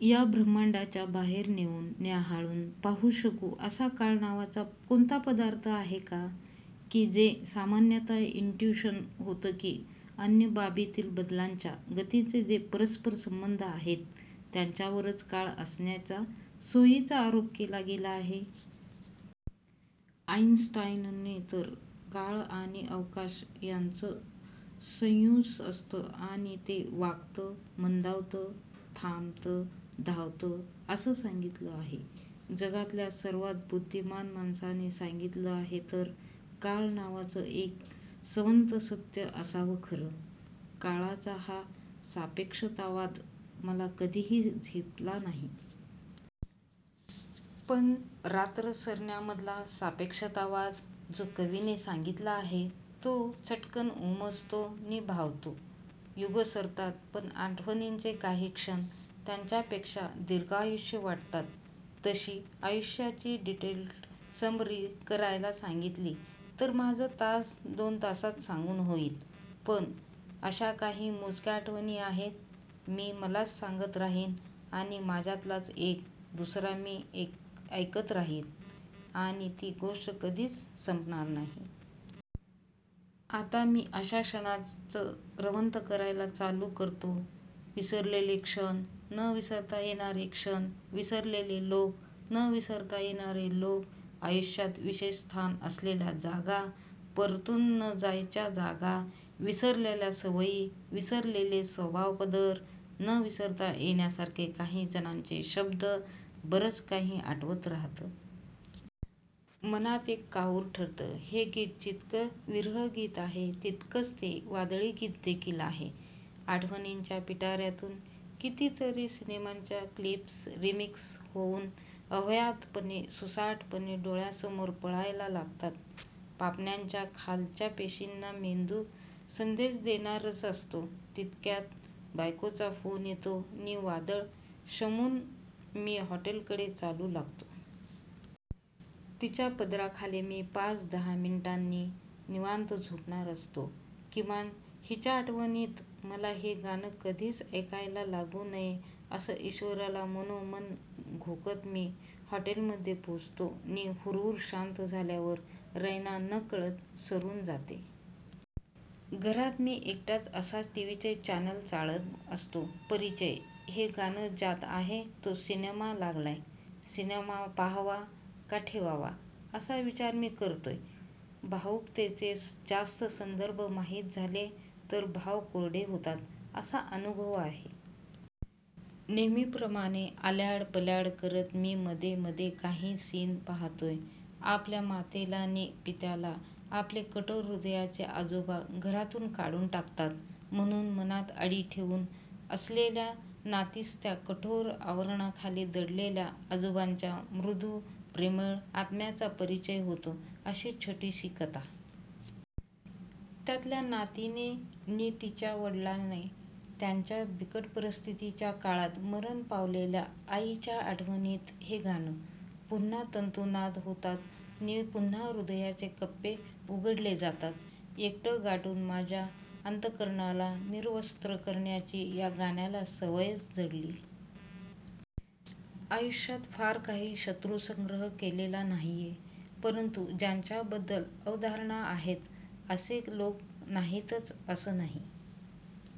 या ब्रह्मांडाच्या बाहेर नेऊन न्याहाळून पाहू शकू असा काळ नावाचा कोणता पदार्थ आहे का? कि जे सामान्यतः इंट्यूशन होतं कि अन्य बाबींतील बदलांच्या गतींचे जे परस्परसंबंध आहेत त्यांच्यावरच काळ असण्याचा सोयीचा आरोप केला गेला आहे? आईनस्टाईनने तर काळ आणि अवकाश यांचं संयुज असतं आणि ते वाकतं, मंदावतं, थांबतं, धावतं असं सांगितलं आहे. जगातल्या सर्वात बुद्धिमान माणसाने सांगितलं आहे तर काळ नावाचं एक सवतं सत्य असावं खरं. काळाचा हा सापेक्षतावाद मला कधीही झेपला नाही. पण रात्र सरण्यामधला सापेक्षतावाद जो कवीने सांगितला आहे तो चटकन उमजतो नि भावतो. युगं सरतात पण आठवणींचे काही क्षण त्यांच्यापेक्षा दीर्घायुषी वाटतात. तशी आयुष्याची डिटेल्ड समरी करायला सांगितली तर माझं तास दोन तासांत सांगून होईल, पण अशा काही मोजक्या आठवणी आहेत, मी मलाच सांगत राहीन आणि माझ्यातलाच एक दुसरा मी ऐकतच राहील आणि ती गोष्ट कधीच संपणार नाही. आता मी अशा क्षणांचं रवंथ करायला चालू करतो. विसरलेले क्षण, न विसरता येणारे क्षण, विसरलेले लोक, न विसरता येणारे लोक, आयुष्यात विशेष स्थान असलेल्या जागा, परतून न जायच्या जागा, विसरलेल्या सवयी, विसरलेले स्वभावपदर, न विसरता येण्यासारखे काही जणांचे शब्द, बरंच काही आठवत राहतं. मनात एक काहूर उठतं. हे गीत जितकं विरहगीत आहे तितकंच ते वादळगीत देखील आहे. आठवणींच्या पिटाऱ्यातून कितीतरी सिनेमांच्या क्लिप्स रिमिक्स होऊन अव्याहतपणे सुसाटपणे डोळ्यासमोर पळायला लागतात. पापण्यांच्या खालच्या पेशींना मेंदू संदेश देणारच असतो तितक्यात बायकोचा फोन येतो नि वादळ शमवून मी हॉटेलकडे चालू लागतो. तिच्या पदराखाली मी पाच-दहा मिनिटांनी निवांत झोपणार असतो. किमान हिच्या आठवणींत मला हे गाणं कधीच ऐकायला लागू नये असं ईश्वराला मनोमन घोकत मी हॉटेलमध्ये पोचतो नि हुरहुर शांत झाल्यावर रैना नकळत सरून जाते. घरात मी एकटाच असाच टीव्हीचे चॅनेल चाळत असतो. परिचय, हे गाणं ज्यात आहे तो सिनेमा लागलाय. सिनेमा पाहावा का ठेवावा असा विचार मी करतोय. भावूकतेचे जास्त संदर्भ माहीत झाले तर भाव कोरडे होतात असा अनुभव आहे. नेहमीप्रमाणे आल्याड पल्याड करत मी मधे मधे काही सीन पाहतोय. आपल्या मातेला नि पित्याला आपले कठोर हृदयाचे आजोबा घरातून काढून टाकतात म्हणून मनात अढी ठेवून असलेल्या नातीस त्या कठोर आवरणाखाली दडलेल्या आजोबांच्या मृदू, प्रेमळ आत्म्याचा परिचय होतो अशी छोटीशी कथा! त्यातल्या नातीने नि तिच्या वडिलांनी त्यांच्या बिकट परिस्थितीच्या काळात मरण पावलेल्या आईच्या आठवणीत हे गाणं. पुन्हा तंतुनाद होतात नि पुन्हा हृदयाचे कप्पे उघडले जातात. एकटं गाठून माझ्या अंतःकरणाला निर्वस्त्र करण्याची या गाण्याला सवयच जडलीय. आयुष्यात फार काही शत्रुसंग्रह केलेला नाहीय परंतु ज्यांच्याबद्दल अवधारणा आहेत असे लोक नाहीतच असं नाही.